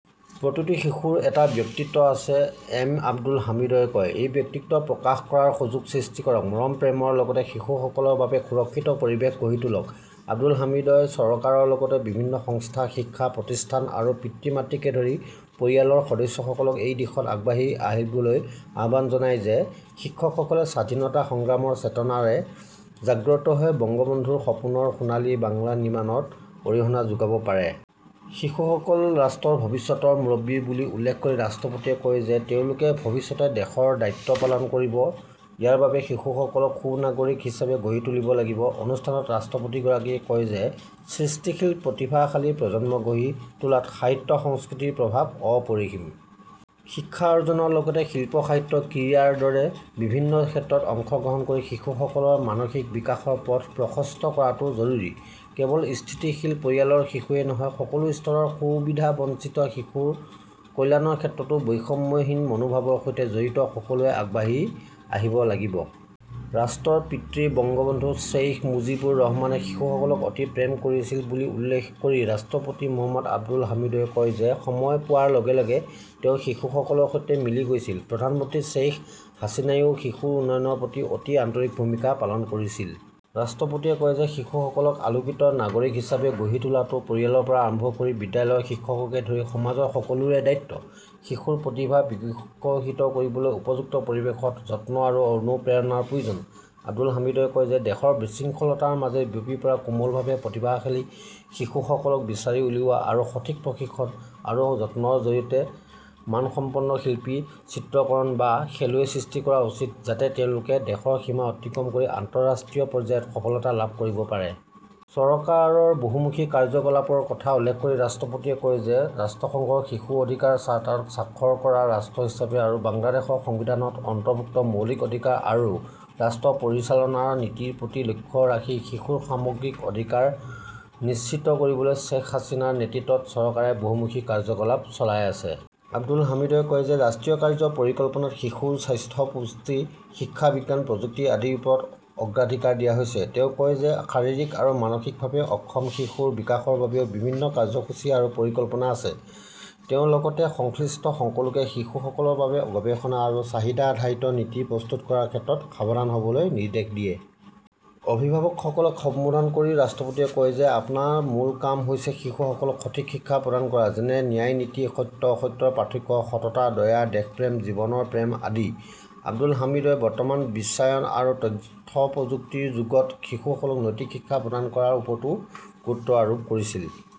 প্ৰতিটো শিশুৰ এটা ব্যক্তিত্ব আছে, এম আব্দুল হামিদই কয়। এই ব্যক্তিত্ব প্ৰকাশ কৰাৰ সুযোগ সৃষ্টি কৰক। মৰম, প্ৰেমৰ লগতে শিশুসকলৰ বাবে সুৰক্ষিত পৰিৱেশ গঢ়ি তোলক। আব্দুল হামিদই চৰকাৰৰ লগতে বিভিন্ন সংস্থা, শিক্ষা প্ৰতিষ্ঠান আৰু পিতৃ-মাতৃকে ধৰি পৰিয়ালৰ সদস্যসকলক এই দিশত আগবাঢ়ি আহিবলৈ আহ্বান জনায় যে শিশুসকলে স্বাধীনতা সংগ্ৰামৰ চেতনাৰে জাগ্ৰত হৈ বংগবন্ধুৰ সপোনৰ সোণালী বাংলা নিৰ্মাণত অৰিহণা যোগাব পাৰে। শিশুসকল ৰাষ্ট্ৰৰ ভৱিষ্যতৰ মুৰব্বী বুলি উল্লেখ কৰি ৰাষ্ট্ৰপতিয়ে কয় যে তেওঁলোকে ভৱিষ্যতে দেশৰ দায়িত্ব পালন কৰিব। ইয়াৰ বাবে শিশুসকলক সু-নাগৰিক হিচাপে গঢ়ি তুলিব লাগিব। অনুষ্ঠানত ৰাষ্ট্ৰপতিগৰাকীয়ে কয় যে সৃষ্টিশীল প্ৰতিভাশালী প্ৰজন্ম গঢ়ি তোলাত সাহিত্য-সংস্কৃতিৰ প্ৰভাৱ অপৰিসীম। শিক্ষা অৰ্জনৰ লগতে শিল্প-সাহিত্য, ক্ৰীড়াৰ দৰে বিভিন্ন ক্ষেত্ৰত অংশগ্ৰহণ কৰি শিশুসকলৰ মানসিক বিকাশৰ পথ প্ৰশস্ত কৰাটো জৰুৰী। কেৱল স্থিতিশীল পৰিয়ালৰ শিশুৱেই নহয়, সকলো স্তৰৰ সুবিধাবঞ্চিত শিশুৰ কল্যাণৰ ক্ষেত্ৰতো বৈষম্যহীন মনোভাৱৰ সৈতে জড়িত সকলোৱে আগবাঢ়ি আহিব লাগিব। ৰাষ্ট্ৰৰ পিতৃ বঙ্গবন্ধু শ্বেইখ মুজিবুৰ ৰহমানে শিশুসকলক অতি প্ৰেম কৰিছিল বুলি উল্লেখ কৰি ৰাষ্ট্ৰপতি মো. আব্দুল হামিদই কয় যে সময় পোৱাৰ লগে লগে তেওঁ শিশুসকলৰ সৈতে মিলি গৈছিল। প্ৰধানমন্ত্ৰী শ্বেইখ হাছিনাইও শিশুৰ উন্নয়নৰ প্ৰতি অতি আন্তৰিক ভূমিকা পালন কৰিছিল। ৰাষ্ট্ৰপতিয়ে কয় যে শিশুসকলক আলোকিত নাগৰিক হিচাপে গঢ়ি তোলাটো পৰিয়ালৰ পৰা আৰম্ভ কৰি বিদ্যালয়ৰ শিক্ষককে ধৰি সমাজৰ সকলোৰে দায়িত্ব। শিশুৰ প্ৰতিভা বিকশিত কৰিবলৈ উপযুক্ত পৰিৱেশত যত্ন আৰু অনুপ্ৰেৰণাৰ প্ৰয়োজন। আব্দুল হামিদই কয় যে দেশৰ বিশৃংখলতাৰ মাজেৰে বিয়পি পৰা কোমলভাৱে প্ৰতিভাশালী শিশুসকলক বিচাৰি উলিওৱা আৰু সঠিক প্ৰশিক্ষণ আৰু যত্নৰ জৰিয়তে মানসম্পন্ন শিল্পী, চিত্ৰকৰণ বা খেলুৱৈ সৃষ্টি কৰা উচিত যাতে তেওঁলোকে দেশৰ সীমা অতিক্ৰম কৰি আন্তঃৰাষ্ট্ৰীয় পৰ্যায়ত সফলতা লাভ কৰিব পাৰে। চৰকাৰৰ বহুমুখী কাৰ্যকলাপৰ কথা উল্লেখ কৰি ৰাষ্ট্ৰপতিয়ে কয় যে ৰাষ্ট্ৰসংঘৰ শিশু অধিকাৰ চাৰ্টাৰত স্বাক্ষৰ কৰা ৰাষ্ট্ৰ হিচাপে আৰু বাংলাদেশৰ সংবিধানত অন্তৰ্ভুক্ত মৌলিক অধিকাৰ আৰু ৰাষ্ট্ৰ পৰিচালনাৰ নীতিৰ প্ৰতি লক্ষ্য ৰাখি শিশুৰ সামগ্ৰিক অধিকাৰ নিশ্চিত কৰিবলৈ শ্বেখ হাছিনাৰ নেতৃত্বত চৰকাৰে বহুমুখী কাৰ্যকলাপ চলাই আছে। আব্দুল হামিদই কয় যে ৰাষ্ট্ৰীয় কাৰ্য্য পৰিকল্পনাত শিশুৰ স্বাস্থ্য-পুষ্টি, শিক্ষা-বিজ্ঞান প্ৰযুক্তি আদিৰ ওপৰত অগ্ৰাধিকাৰ দিয়া হৈছে। তেওঁ কয় যে শাৰীৰিক আৰু মানসিকভাৱে অক্ষম শিশুৰ বিকাশৰ বাবেও বিভিন্ন কাৰ্যসূচী আৰু পৰিকল্পনা আছে। তেওঁ লগতে সংশ্লিষ্ট সকলোকে শিশুসকলৰ বাবে গৱেষণা আৰু চাহিদা-আধাৰিত নীতি প্ৰস্তুত কৰাৰ ক্ষেত্ৰত সাৱধান হ'বলৈ নিৰ্দেশ দিয়ে। অভিভাৱকসকলক সম্বোধন কৰি ৰাষ্ট্ৰপতিয়ে কয় যে আপোনাৰ মূল কাম হৈছে শিশুসকলক সঠিক শিক্ষা প্ৰদান কৰা যেনে ন্যায় নীতি, সত্য-অসত্যৰ পাৰ্থক্য, সততা, দয়া, দেশপ্ৰেম, জীৱনৰ প্ৰেম আদি। আব্দুল হামিদই বৰ্তমানৰ বিশ্বায়ন আৰু তথ্য প্ৰযুক্তিৰ যুগত শিশুসকলক নৈতিক শিক্ষা প্ৰদান কৰাৰ ওপৰতো গুৰুত্ব আৰোপ কৰিছিল।